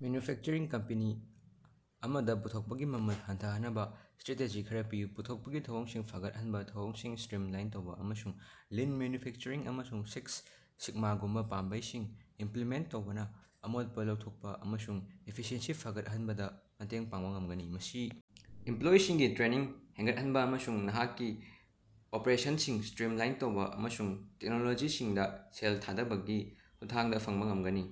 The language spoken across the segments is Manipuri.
ꯃꯦꯟꯌꯨꯐꯦꯛꯆꯔꯤꯡ ꯀꯝꯄꯦꯅꯤ ꯑꯃꯗ ꯄꯨꯊꯣꯛꯄꯒꯤ ꯃꯃꯜ ꯍꯟꯊꯍꯟꯅꯕ ꯁ꯭ꯇꯔꯥꯇꯦꯖꯤ ꯈꯔ ꯄꯤꯌꯨ꯫ ꯄꯨꯊꯣꯛꯄꯒꯤ ꯊꯧꯑꯣꯡꯁꯤꯡ ꯐꯒꯠꯍꯟꯕ: ꯊꯧꯑꯣꯡꯁꯤꯡ ꯁ꯭ꯇꯔꯤꯃꯂꯥꯏꯟ ꯇꯧꯕ ꯑꯃꯁꯨꯡ ꯂꯤꯟ ꯃꯦꯟꯌꯨꯐꯦꯀꯆꯔꯤꯡ ꯑꯃꯁꯨꯡ ꯁꯤꯛꯁ ꯁꯤꯒꯃꯥꯒꯨꯝꯕꯥ ꯄꯥꯝꯕꯩꯁꯤꯡ ꯏꯝꯞꯂꯤꯃꯦꯟꯇ ꯇꯧꯕꯅ ꯑꯃꯣꯠꯄ ꯂꯧꯊꯣꯛꯄ ꯑꯃꯁꯨꯡ ꯏꯐꯤꯁꯤꯑꯦꯟꯁꯤ ꯐꯒꯠꯍꯟꯕꯗ ꯃꯇꯦꯡ ꯄꯥꯡꯕ ꯉꯝꯒꯅꯤ꯫ ꯃꯁꯤ ꯏꯝꯞꯂꯣꯌꯤꯁꯤꯡꯒꯤ ꯇ꯭ꯔꯦꯅꯤꯡ ꯍꯦꯟꯒꯠꯍꯟꯕ ꯑꯃꯁꯨꯡ ꯅꯍꯥꯛꯀꯤ ꯑꯣꯄꯔꯦꯁꯟꯁꯤꯡ ꯁ꯭ꯇ꯭ꯔꯤꯃꯂꯥꯏꯟ ꯇꯧꯕ ꯑꯃꯁꯨꯡ ꯇꯦꯛꯅꯣꯂꯣꯖꯤꯁꯤꯡꯗ ꯁꯦꯜ ꯊꯥꯗꯕꯒꯤ ꯈꯨꯠꯊꯥꯡꯗ ꯐꯪꯕ ꯉꯝꯒꯅꯤ꯫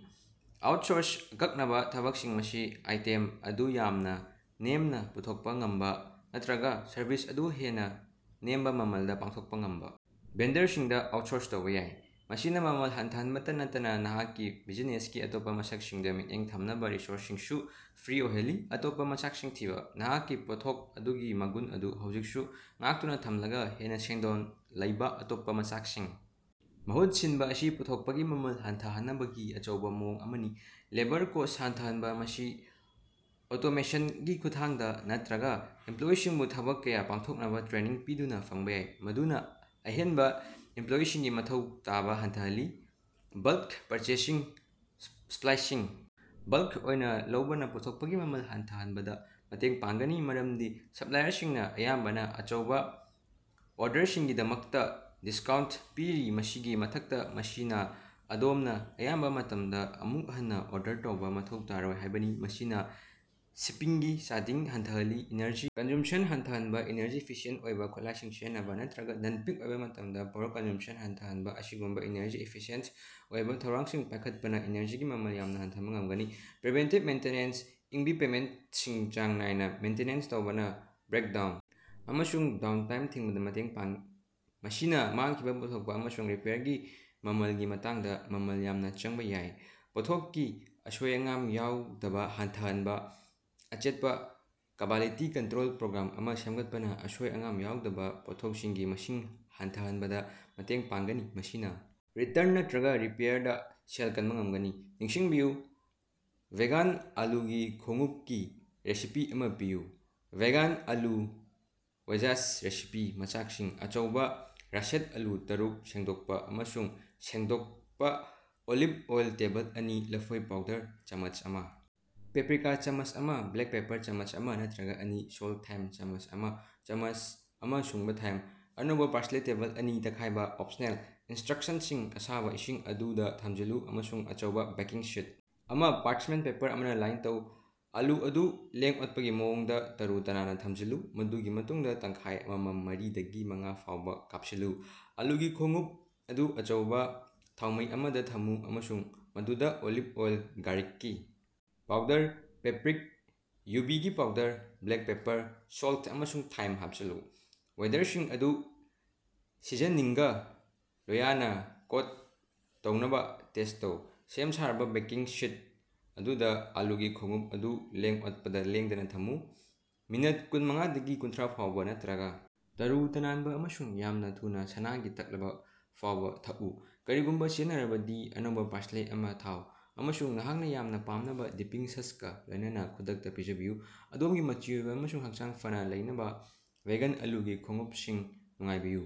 ꯑꯥꯎꯠꯁꯣꯔꯁ: ꯑꯀꯛꯅꯕ ꯊꯕꯛꯁꯤꯡ ꯑꯁꯤ ꯑꯥꯏꯇꯦꯝ ꯑꯗꯨ ꯌꯥꯝꯅ ꯅꯦꯝꯅ ꯄꯨꯊꯣꯛꯄ ꯉꯝꯕ ꯅꯠꯇ꯭ꯔꯒ ꯁꯔꯚꯤꯁ ꯑꯗꯨ ꯍꯦꯟꯅ ꯅꯦꯝꯕ ꯃꯃꯜꯗ ꯄꯥꯡꯊꯣꯛꯄ ꯉꯝꯕ ꯚꯦꯟꯗꯔꯁꯤꯡꯗ ꯑꯥꯎꯠꯁꯣꯔꯁ ꯇꯧꯕ ꯌꯥꯏ꯫ ꯃꯁꯤꯅ ꯃꯃꯜ ꯍꯟꯊꯍꯟꯕꯇ ꯅꯠꯇꯅ ꯅꯍꯥꯛꯀꯤ ꯕꯤꯖꯤꯅꯦꯁꯀꯤ ꯑꯇꯣꯞꯄ ꯃꯁꯛꯁꯤꯡꯗ ꯃꯤꯠꯌꯦꯡ ꯊꯝꯅꯕ ꯔꯤꯁꯣꯔꯁꯁꯤꯡꯁꯨ ꯐ꯭ꯔꯤ ꯑꯣꯏꯍꯜꯂꯤ꯫ ꯑꯇꯣꯞꯄ ꯃꯆꯥꯛꯁꯤꯡ ꯊꯤꯕ: ꯅꯍꯥꯛꯀꯤ ꯄꯣꯠꯊꯣꯛ ꯑꯗꯨꯒꯤ ꯃꯒꯨꯟ ꯑꯗꯨ ꯍꯧꯖꯤꯛꯁꯨ ꯉꯥꯛꯇꯨꯅ ꯊꯝꯂꯒ ꯍꯦꯟꯅ ꯁꯦꯟꯗꯣꯡ ꯂꯩꯕ ꯑꯇꯣꯞꯄ ꯃꯆꯥꯛꯁꯤꯡꯅ ꯃꯍꯨꯠ ꯁꯤꯟꯕ ꯑꯁꯤ ꯄꯨꯊꯣꯛꯄꯒꯤ ꯃꯃꯜ ꯍꯟꯊꯍꯟꯅꯕꯒꯤ ꯑꯆꯧꯕ ꯃꯑꯣꯡ ꯑꯃꯅꯤ꯫ ꯂꯦꯕꯔ ꯀꯣꯁ꯭ꯠ ꯍꯟꯊꯍꯟꯕ ꯃꯁꯤ ꯑꯣꯇꯣꯃꯦꯁꯟꯒꯤ ꯈꯨꯠꯊꯥꯡꯗ ꯅꯠꯇ꯭ꯔꯒ ꯏꯝꯄꯂꯣꯌꯤꯁꯤꯡꯕꯨ ꯊꯕꯛ ꯀꯌꯥ ꯄꯥꯡꯊꯣꯛꯅꯕ ꯇ꯭ꯔꯦꯅꯤꯡ ꯄꯤꯗꯨꯅ ꯐꯪꯕ ꯌꯥꯏ꯫ ꯃꯗꯨꯅ ꯑꯍꯦꯟꯕ ꯏꯝꯄꯂꯣꯌꯤꯁꯤꯡꯒꯤ ꯃꯊꯧ ꯇꯥꯕ ꯍꯟꯊꯍꯜꯂꯤ꯫ ꯕꯜꯀ ꯄꯔꯆꯦꯖꯁꯤꯡ ꯏꯁ ꯏꯁꯄꯂꯥꯏꯁꯤꯡ ꯕꯜꯀ ꯑꯣꯏꯅ ꯂꯧꯕꯅ ꯄꯨꯊꯣꯛꯄꯒꯤ ꯃꯃꯜ ꯍꯟꯊꯍꯟꯕꯗ ꯃꯇꯦꯡ ꯄꯥꯡꯒꯅꯤ꯫ ꯃꯔꯝꯗꯤ ꯁꯞꯂꯥꯏꯌꯔꯁꯤꯡꯅ ꯑꯌꯥꯝꯕꯅ ꯑꯆꯧꯕ ꯑꯣꯔꯗꯔꯁꯤꯡꯒꯤꯗꯃꯛꯇ ꯗꯤꯁꯀꯥꯎꯟꯇ ꯄꯤꯔꯤ꯫ ꯃꯁꯤꯒꯤ ꯃꯊꯛꯇ ꯃꯁꯤꯅ ꯑꯗꯣꯝꯅ ꯑꯌꯥꯝꯕ ꯃꯇꯝꯗ ꯑꯃꯨꯛ ꯍꯟꯅ ꯑꯣꯔꯗꯔ ꯇꯧꯕ ꯃꯊꯧ ꯇꯥꯔꯣꯏ ꯍꯥꯏꯕꯅꯤ ꯃꯁꯤꯅꯥ ꯁꯤꯄꯤꯡꯒꯤ ꯆꯥꯗꯤꯡ ꯍꯟꯊꯍꯜꯂꯤ꯫ ꯏꯅꯔꯖꯤ ꯀꯟꯖꯨꯝꯄꯁꯟ ꯍꯟꯊꯍꯟꯕ: ꯏꯅꯔꯖꯤ ꯏꯐꯤꯁꯤꯌꯦꯟꯇ ꯑꯣꯏꯕ ꯈꯨꯠꯂꯥꯏꯁꯤꯡ ꯁꯤꯖꯤꯟꯅꯕ ꯅꯠꯇ꯭ꯔꯒ ꯅꯟ-ꯄꯤꯛ ꯑꯣꯏꯕ ꯃꯇꯝꯗ ꯄꯥꯋꯔ ꯀꯟꯖꯨꯝꯄꯁꯟ ꯍꯟꯊꯍꯟꯕ ꯑꯁꯤꯒꯨꯝꯕ ꯏꯅꯔꯖꯤ ꯏꯐꯤꯁꯤꯌꯦꯟꯇ ꯑꯣꯏꯕꯥ ꯊꯧꯔꯥꯡꯁꯤꯡ ꯄꯥꯌꯈꯠꯄꯅꯥ ꯏꯅꯔꯖꯤꯒꯤ ꯃꯃꯜ ꯌꯥꯝꯅ ꯍꯟꯊꯍꯟꯕ ꯉꯝꯒꯅꯤ꯫ ꯄ꯭ꯔꯤꯚꯦꯟꯇꯤꯕ ꯃꯦꯟꯇꯦꯅꯦꯟꯁ: ꯏꯪꯕꯤꯄꯃꯦꯟꯇꯁꯤꯡ ꯆꯥꯡ ꯅꯥꯏꯅ ꯃꯦꯟꯇꯤꯅꯦꯟꯁ ꯇꯧꯕꯅ ꯕ꯭ꯔꯦꯛꯗꯥꯎꯟ ꯑꯃꯁꯨꯡ ꯗꯥꯎꯅꯇꯥꯏꯝ ꯊꯤꯡꯕꯗ ꯃꯇꯦꯡ ꯄꯥꯡꯏ꯫ ꯃꯁꯤꯅ ꯃꯥꯡꯈꯤꯕ ꯄꯨꯊꯣꯛꯄ ꯑꯃꯁꯨꯡ ꯔꯤꯄꯦꯌꯔꯒꯤ ꯃꯃꯜꯒꯤ ꯃꯇꯥꯡꯗ ꯃꯃꯜ ꯌꯥꯝꯅ ꯆꯪꯕ ꯌꯥꯏ꯫ꯄꯣꯠꯊꯣꯛꯀꯤ ꯑꯁꯣꯏ-ꯑꯉꯥꯝ ꯌꯥꯎꯗꯕ ꯍꯟꯊꯍꯟꯕ: ꯑꯆꯦꯠꯄ ꯀ꯭ꯕꯥꯂꯤꯇꯤ ꯀꯟꯇ꯭ꯔꯣꯜ ꯄ꯭ꯔꯣꯒ꯭ꯔꯥꯝ ꯑꯃ ꯁꯦꯝꯒꯠꯄꯅ ꯑꯁꯣꯏ-ꯑꯉꯥꯝ ꯌꯥꯎꯗꯕ ꯄꯣꯠꯊꯣꯛꯁꯤꯡꯒꯤ ꯃꯁꯤꯡ ꯍꯟꯊꯍꯟꯕꯗ ꯃꯇꯦꯡ ꯄꯥꯡꯒꯅꯤ꯫ ꯃꯁꯤꯅ ꯔꯤꯇꯔꯟ ꯅꯠꯇ꯭ꯔꯒ ꯔꯤꯄꯦꯌꯔꯗ ꯁꯦꯜ ꯀꯟꯕ ꯉꯝꯒꯅꯤ ꯅꯤꯡꯁꯤꯡꯕꯤꯌꯨ꯫ ꯚꯦꯒꯥꯟ ꯑꯥꯂꯨꯒꯤ ꯈꯣꯡꯎꯄꯀꯤ ꯔꯦꯁꯤꯄꯤ ꯑꯃꯥ ꯄꯤꯌꯨ꯫ ꯚꯦꯒꯥꯟ ꯑꯥꯂꯨ ꯋꯦꯖꯁ ꯔꯦꯁꯤꯄꯤ ꯃꯆꯥꯛꯁꯤꯡ: ꯑꯆꯧꯕ ꯔꯁꯦꯠ ꯑꯥꯂꯨ ꯇꯔꯨꯛ, ꯁꯦꯡꯗꯣꯛꯄ ꯑꯃꯁꯨꯡ ꯁꯦꯡꯗꯣꯛꯄ ꯑꯣꯂꯤꯚ ꯑꯣꯏꯜ ꯇꯦꯕꯜ ꯑꯅꯤ ꯂꯐꯣꯏ ꯄꯥꯎꯗꯔ ꯆꯥꯃꯆ ꯑꯃ ꯄꯦꯄ꯭ꯔꯤꯀꯥ ꯆꯥꯃꯆ ꯑꯃ ꯕ꯭ꯂꯦꯛ ꯄꯦꯄꯔ ꯆꯥꯃꯆ ꯑꯃ ꯅꯠꯇ꯭ꯔꯒ ꯑꯅꯤ ꯁꯣꯜꯇ ꯊꯥꯏꯝ ꯆꯃꯆ ꯑꯃ ꯆꯥꯃꯆ ꯑꯃ ꯁꯨꯡꯕ ꯊꯥꯏꯝ꯫ -ꯑꯅꯧꯕ ꯄꯥꯔꯁꯂꯦ ꯇꯦꯕꯜ ꯑꯅꯤ ꯇꯛꯈꯥꯏꯔꯕ (ꯑꯣꯄꯁꯅꯦꯜ) ꯏꯅꯁ꯭ꯇꯔꯛꯁꯅꯁꯤꯡ: ꯑꯁꯥꯕꯥ ꯏꯁꯤꯡ ꯑꯗꯨ ꯗꯥ ꯊꯝꯖꯤꯜꯂꯨ ꯑꯃꯁꯨꯡ ꯑꯆꯧꯕ ꯕꯦꯀꯤꯡ ꯁꯤꯠ ꯑꯃ ꯄꯥꯔꯆꯃꯦꯟꯇ ꯄꯦꯄꯔ ꯑꯃꯅ ꯂꯥꯏꯟ ꯇꯧ꯫ ꯑꯥꯂꯨ ꯑꯗꯨ ꯂꯦꯡ-ꯑꯣꯠꯄꯒꯤ ꯃꯑꯣꯡꯗ ꯇꯔꯨ-ꯇꯅꯥꯟꯅ ꯊꯝꯖꯤꯜꯂꯨ꯫ ꯃꯗꯨꯒꯤ ꯃꯇꯨꯡꯗ ꯇꯪꯈꯥꯏ ꯑꯃꯃꯝ ꯃꯔꯤ ꯗꯒꯤ ꯃꯉꯥ ꯐꯥꯎꯕ ꯀꯥꯄꯁꯤꯜꯂꯨ꯫ ꯑꯥꯂꯨꯒꯤ ꯈꯣꯡꯎꯞ ꯑꯗꯨ ꯑꯆꯧꯕ ꯊꯥꯎꯃꯩ ꯑꯃꯗ ꯊꯝꯃꯨ ꯑꯃꯁꯨꯡ ꯃꯗꯨꯗ ꯑꯣꯂꯤꯚ ꯑꯣꯜ, ꯒꯥꯔꯤꯛꯀꯤ ꯄꯥꯎꯗꯔ, ꯄꯦꯄꯔꯤꯛ, ꯌꯨꯕꯤꯒꯤ ꯄꯥꯎꯗꯔ, ꯕ꯭ꯂꯦꯛ ꯄꯦꯄꯔ, ꯁꯣꯜꯇ ꯑꯃꯁꯨꯡ ꯊꯥꯏꯝ ꯍꯥꯄꯆꯤꯜꯂꯨ꯫ ꯋꯦꯗꯔꯁꯤꯡ ꯑꯗꯨ ꯁꯤꯖꯤꯅꯤꯡꯒꯥ ꯂꯣꯌꯅꯅꯥ ꯀꯣꯠ ꯇꯧꯅꯕꯥ ꯇꯣꯁ ꯇꯧ꯫ ꯁꯦꯝ-ꯁꯥꯔꯕꯥ ꯕꯦꯀꯤꯡ ꯁꯤꯠ ꯑꯗꯨꯗꯥ ꯑꯥꯂꯨꯒꯤ ꯈꯣꯡꯎꯞ ꯑꯗꯨ ꯂꯦꯡ-ꯑꯣꯠꯄꯗ ꯂꯦꯡꯗꯅꯥ ꯊꯝꯃꯨ꯫ ꯃꯤꯅꯠ ꯀꯨꯟꯃꯉꯥꯗꯒꯤ ꯀꯨꯟꯊ꯭ꯔꯥ ꯐꯥꯎꯕ ꯅꯠꯇ꯭ꯔꯒ ꯇꯔꯨ-ꯇꯅꯥꯟꯕ ꯑꯃꯁꯨꯡ ꯌꯥꯝꯅ ꯊꯨꯅ ꯁꯅꯥꯒꯤ ꯇꯛꯂꯕ ꯐꯥꯎꯕꯥ ꯊꯛꯎ꯫ ꯀꯔꯤꯒꯨꯝꯕ ꯁꯤꯖꯤꯟꯅꯔꯕꯗꯤ, ꯑꯅꯧꯕ ꯄꯥꯔꯁꯂꯦ ꯑꯃ ꯊꯥꯎ, ꯑꯃꯁꯨꯡ ꯅꯍꯥꯛꯅꯥ ꯌꯥꯝꯅꯥ ꯄꯥꯝꯅꯕ ꯗꯤꯞꯄꯤꯡ ꯁꯁꯀꯥ ꯂꯣꯏꯅꯅ ꯈꯨꯗꯛꯇ ꯄꯤꯖꯕꯤꯌꯨ꯫ ꯑꯗꯣꯝꯒꯤ ꯃꯆꯤ ꯑꯣꯏꯕ ꯑꯃꯁꯨꯡ ꯍꯛꯆꯥꯡ ꯐꯅ ꯂꯩꯅꯕ ꯚꯦꯒꯥꯟ ꯑꯥꯂꯨꯒꯤ ꯈꯣꯡꯎꯄꯁꯤꯡ ꯅꯨꯡꯉꯥꯏꯕꯤꯌꯨ꯫